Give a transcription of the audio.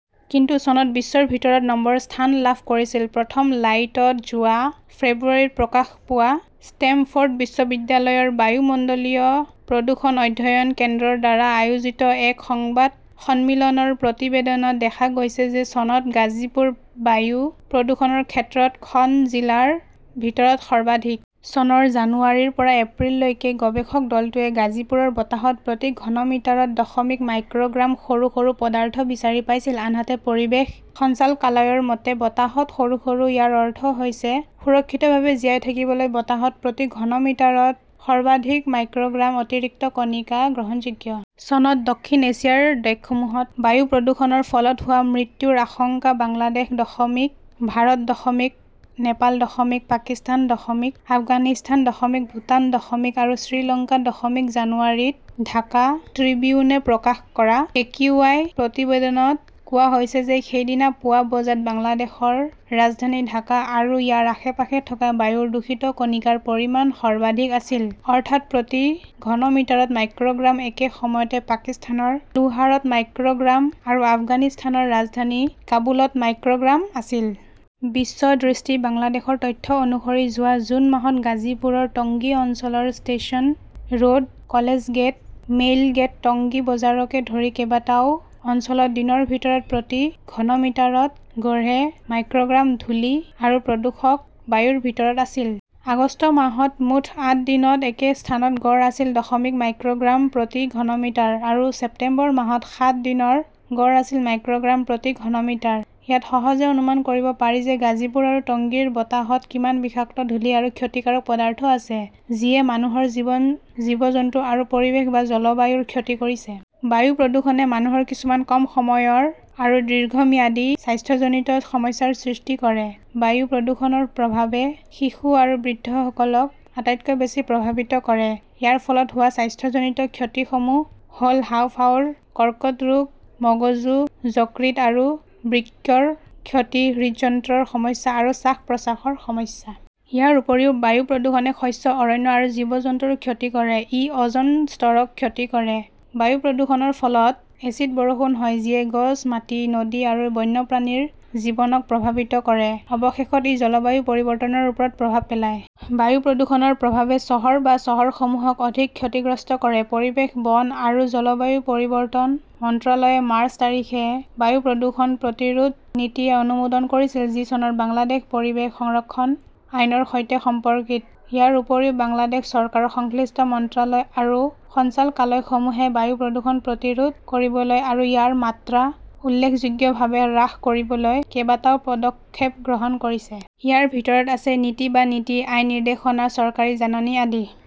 কিন্তু চনত বিশ্বৰ ভিতৰত নম্বৰ স্থান লাভ কৰিছিল। প্ৰথম লাইটত যোৱা ফেব্ৰুৱাৰীত প্ৰকাশ পোৱা ষ্টেমফৰ্ড বিশ্ববিদ্যালয়ৰ বায়ুমণ্ডলীয় প্ৰদূষণ অধ্যয়ন কেন্দ্ৰ ৰ দ্বাৰা আয়োজিত এক সংবাদ সন্মিলনৰ প্ৰতিবেদনত দেখা গৈছে যে চনত গাজিপুৰ বায়ু প্ৰদূষণৰ ক্ষেত্ৰত খন জিলাৰ ভিতৰত সৰ্বাধিক। চনৰ জানুৱাৰীৰ পৰা এপ্ৰিললৈকে গৱেষক দলটোৱে গাজীপুৰৰ বতাহত প্ৰতি ঘনমিটাৰত দশমিক মাইক্ৰ "গ্ৰাম সৰু সৰু পদাৰ্থ বিচাৰি পাইছিল; আনহাতে পৰিৱেশ সঞ্চালকালয়ৰ মতে, বতাহত সৰু সৰু ইয়াৰ অৰ্থ হৈছে সুৰক্ষিতভাৱে জীয়াই থাকিবলৈ বতাহত প্ৰতি ঘনমিটাৰত সৰ্বাধিক মাইক্ৰ "গ্ৰাম অতিৰিক্ত কণিকা গ্ৰহণযোগ্য। চনত দক্ষিণ এছিয়াৰ দেশসমূহত বায়ু প্ৰদূষণৰ ফলত হোৱা মৃত্যুৰ আশংকা: বাংলাদেশ দশমিক, ভাৰত দশমিক, নেপাল দশমিক, পাকিস্তান দশমিক, আফগানিস্তান দশমিক, ভূটান দশমিক আৰু শ্ৰীলংকা দশমিক জানুৱাৰীত ঢাকা ট্ৰিবিউনে প্ৰকাশ কৰা একিউআই প্ৰতিবেদনত কোৱা হৈছে যে সেইদিনা পুৱা বজাত বাংলাদেশৰ ৰাজধানী ঢাকা আৰু ইয়াৰ আশে-পাশে থকা বায়ুৰ দূষিত কণিকাৰ পৰিমাণ সৰ্বাধিক আছিল, অৰ্থাৎ প্ৰতি ঘন মিটাৰত মাইক্ৰ "গ্ৰাম; একে সময়তে পাকিস্তানৰ লাহোৰত মাইক্ৰ" গ্ৰাম আৰু আফগানিস্তানৰ ৰাজধানী কাবুলত মাইক্ৰ "গ্ৰাম আছিল। বিশ্ব দৃষ্টি বাংলাদেশৰ তথ্য অনুসৰি যোৱা জুন মাহত গাজীপুৰৰ টংগী অঞ্চলৰ station road, college gate, mail gate, Tongi বজাৰকে ধৰি কেইবাটাও অঞ্চলত দিনৰ ভিতৰত প্ৰতি ঘনমিটাৰত গড়ে মাইক্ৰ’গ্ৰাম ধুলি আৰু প্ৰদূষক বায়ুৰ ভিতৰত আছিল। আগষ্ট মাহত মুঠ আঠ দিনত একে স্থানত গড় আছিল দশমিক মাইক্ৰ "গ্ৰাম প্ৰতি ঘনমিটাৰ আৰু ছেপ্টেম্বৰ মাহত সাত দিনৰ গড় আছিল মাইক্ৰ’গ্ৰাম প্ৰতি ঘনমিটাৰ। ইয়াত সহজে অনুমান কৰিব পাৰি যে গাজীপুৰ আৰু টংগীৰ বতাহত কিমান বিষাক্ত ধূলি আৰু ক্ষতিকাৰক পদাৰ্থ আছে যিয়ে মানুহৰ জীৱন, জীৱ-জন্তু আৰু পৰিৱেশ বা জলবায়ুৰ ক্ষতি কৰিছে। বায়ু প্ৰদূষণে মানুহৰ কিছুমান কম সময়ৰ আৰু দীৰ্ঘম্যাদী স্বাস্থ্যজনিত সমস্যাৰ সৃষ্টি কৰে। বায়ু প্ৰদূষণৰ প্ৰভাৱে শিশু আৰু বৃদ্ধসকলক আটাইতকৈ বেছি প্ৰভাৱিত কৰে। ইয়াৰ ফলত হোৱা স্বাস্থ্যজনিত ক্ষতিসমূহ হ’ল হাঁওফাঁওৰ কৰ্কট ৰোগ, মগজু, যকৃত আৰু বৃক্কৰ ক্ষতি, হৃদযন্ত্ৰৰ সমস্যা আৰু শ্বাস-প্ৰশ্বাসৰ সমস্যা। ইয়াৰ উপৰিও বায়ু প্ৰদূষণে শস্য, অৰণ্য আৰু জীৱ-জন্তুৰ ক্ষতি কৰে। ই অ’জন স্তৰক ক্ষতি কৰে। বায়ু প্ৰদূষণৰ ফলত এচিড বৰষুণ হয়; যিয়ে গছ, মাটি, নদী আৰু বন্যপ্ৰাণীৰ জীৱনক প্ৰভাৱিত কৰে। অৱশেষত ই জলবায়ু পৰিৱৰ্তনৰ ওপৰত প্ৰভাৱ পেলায়। বায়ু প্ৰদূষণৰ প্ৰভাৱে চহৰ বা চহৰসমূহক অধিক ক্ষতিগ্ৰস্ত কৰে। পৰিৱেশ, বন আৰু জলবায়ু পৰিৱৰ্তন মন্ত্ৰালয়ে মাৰ্চ, তাৰিখে বায়ু প্ৰদূষণ প্ৰতিৰোধ নীতি অনুমোদন কৰিছিল, যি চনৰ বাংলাদেশ পৰিৱেশ সংৰক্ষণ আইনৰ সৈতে সম্পৰ্কিত। ইয়াৰ উপৰিও বাংলাদেশ চৰকাৰৰ সংশ্লিষ্ট মন্ত্ৰালয় আৰু সঞ্চালকালয়সমূহে বায়ু প্ৰদূষণ প্ৰতিৰোধ কৰিবলৈ আৰু ইয়াৰ মাত্ৰা উল্লেখযোগ্যভাৱে হ্ৰাস কৰিবলৈ কেইবাটাও পদক্ষেপ গ্ৰহণ কৰিছে। ইয়াৰ ভিতৰত আছে নীতি বা নীতি, আইন, নিৰ্দেশনা, চৰকাৰী জাননী আদি।